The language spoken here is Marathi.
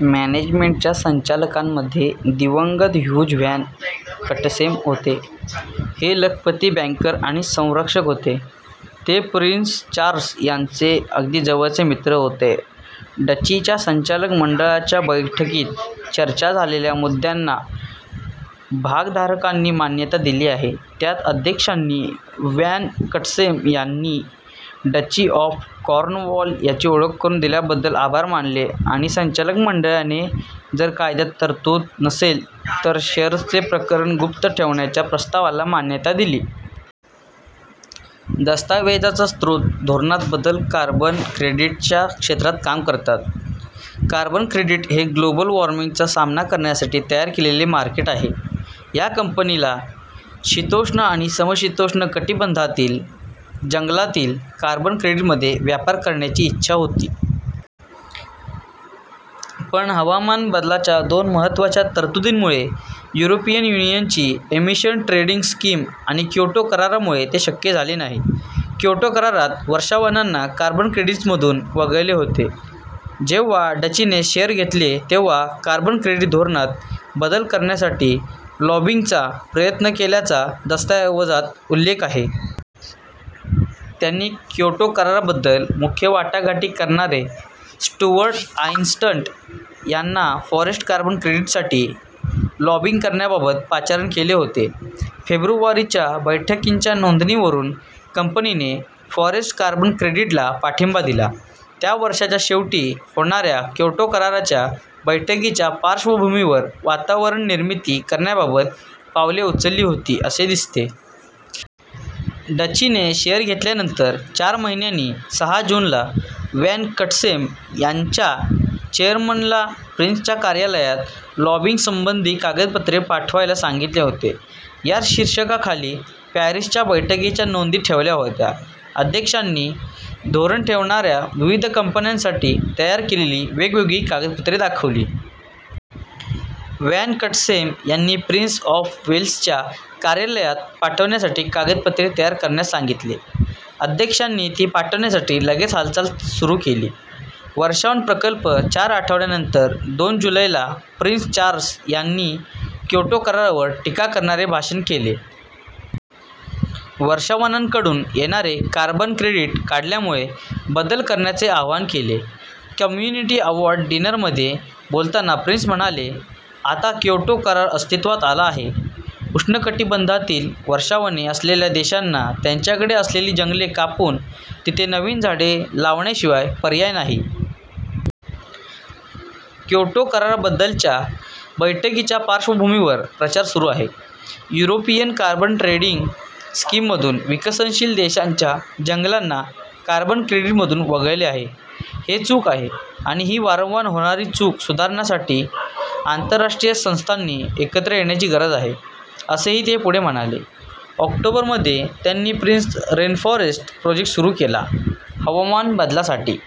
​'मॅनेजमेंट'च्या संचालकांमध्ये दिवंगत ह्युज वॅन कटसेम होते. हे लखपती बँकर आणि संरक्षक होते. ते प्रिन्स चार्ल्स यांचे अगदी जवळचे मित्र होते. डचीच्या संचालक मंडळाच्या बैठकीत चर्चा झालेल्या मुद्द्यांना भागधारकांनी मान्यता दिली आहे. त्यात "अध्यक्षांनी वॅन कटसेम यांनी डची ऑफ कॉर्नवॉल यांची ओळख करून दिल्याबद्दल आभार मानले आणि संचालक मंडळाने जर कायद्यात तरतूद नसेल तर शेअर्सचे प्रकरण गुप्त ठेवण्याच्या प्रस्तावाला मान्यता दिली". दस्तावेजाचा स्रोत धोरणात बदल कार्बन क्रेडिटच्या क्षेत्रात काम करतात. कार्बन क्रेडिट हे ग्लोबल वॉर्मिंगचा सामना करण्यासाठी तयार केलेले मार्केट आहे. या कंपनीला शीतोष्ण आणि समशीतोष्ण कटिबंधातील जंगलातील कार्बन क्रेडिटमध्ये व्यापार करण्याची इच्छा होती. पण हवामान बदलाच्या दोन महत्त्वाच्या तरतुदींमुळे, युरोपियन युनियनची एमिशन ट्रेडिंग स्कीम आणि क्योटो करारामुळे ते शक्य झाले नाही. क्योटो करारात वर्षावनांना कार्बन क्रेडिट्समधून वगळले होते. जेव्हा डचीने शेअर घेतले तेव्हा कार्बन क्रेडिट धोरणात बदल करण्यासाठी लॉबिंगचा प्रयत्न केल्याचा दस्तावेजात उल्लेख आहे. त्यांनी क्योटो कराराबद्दल मुख्य वाटाघाटी करणारे स्टुअर्ट आयसनस्टॅट यांना फॉरेस्ट कार्बन क्रेडिटसाठी लॉबिंग करण्याबाबत पाचारण केले होते. फेब्रुवारीच्या बैठकींच्या नोंदींवरून कंपनीने फॉरेस्ट कार्बन क्रेडिटला पाठिंबा दिला. त्या वर्षाच्या शेवटी होणाऱ्या क्योटो कराराच्या बैठकीच्या पार्श्वभूमीवर वातावरणनिर्मिती करण्याबाबत पावले उचलली होती, असे दिसते. डचीने शेअर घेतल्यानंतर चार महिन्यांनी सहा जूनला वॅन कटसेम यांच्या चेअरमनला प्रिन्सच्या कार्यालयात लॉबिंगसंबंधी कागदपत्रे पाठवायला सांगितले होते. या शीर्षकाखाली पॅरिसच्या बैठकीच्या नोंदी ठेवल्या होत्या. अध्यक्षांनी धोरण ठरवणाऱ्या विविध कंपन्यांसाठी तयार केलेली वेगवेगळी कागदपत्रे दाखवली. वॅन कटसेम यांनी प्रिन्स ऑफ वेल्सच्या कार्यालयात पाठवण्यासाठी कागदपत्रे तयार करण्यास सांगितले. अध्यक्षांनी ती पाठवण्यासाठी लगेच हालचाल सुरू केली. वर्षावन प्रकल्प चार आठवड्यांनंतर दोन जुलैला प्रिन्स चार्ल्स यांनी क्योटो करारावर टीका करणारे भाषण केले. वर्षावनांकडून येणारे कार्बन क्रेडिट काढल्यामुळे बदल करण्याचे आवाहन केले. कम्युनिटी अवॉर्ड डिनरमध्ये बोलताना प्रिन्स म्हणाले, "आता क्योटो करार अस्तित्वात आला आहे, उष्ण कटिबंधातील वर्षावने असलेल्या देशांना त्यांच्याकडे असलेली जंगले कापून तिथे नवीन झाडे लावण्याशिवाय पर्याय नाही." क्योटो कराराबद्दलच्या बैठकीच्या पार्श्वभूमीवर प्रचार सुरू आहे. "युरोपियन कार्बन ट्रेडिंग स्कीममधून विकसनशील देशांच्या जंगलांना कार्बन क्रेडिटमधून वगळले आहे. हे चूक आहे आणि ही वारंवार होणारी चूक सुधारण्यासाठी आंतरराष्ट्रीय संस्थांनी एकत्र येण्याची गरज आहे," असेही ते पुढे म्हणाले. ऑक्टोबरमध्ये त्यांनी प्रिन्स रेनफॉरेस्ट प्रोजेक्ट सुरू केला. हवामान बदलासाठी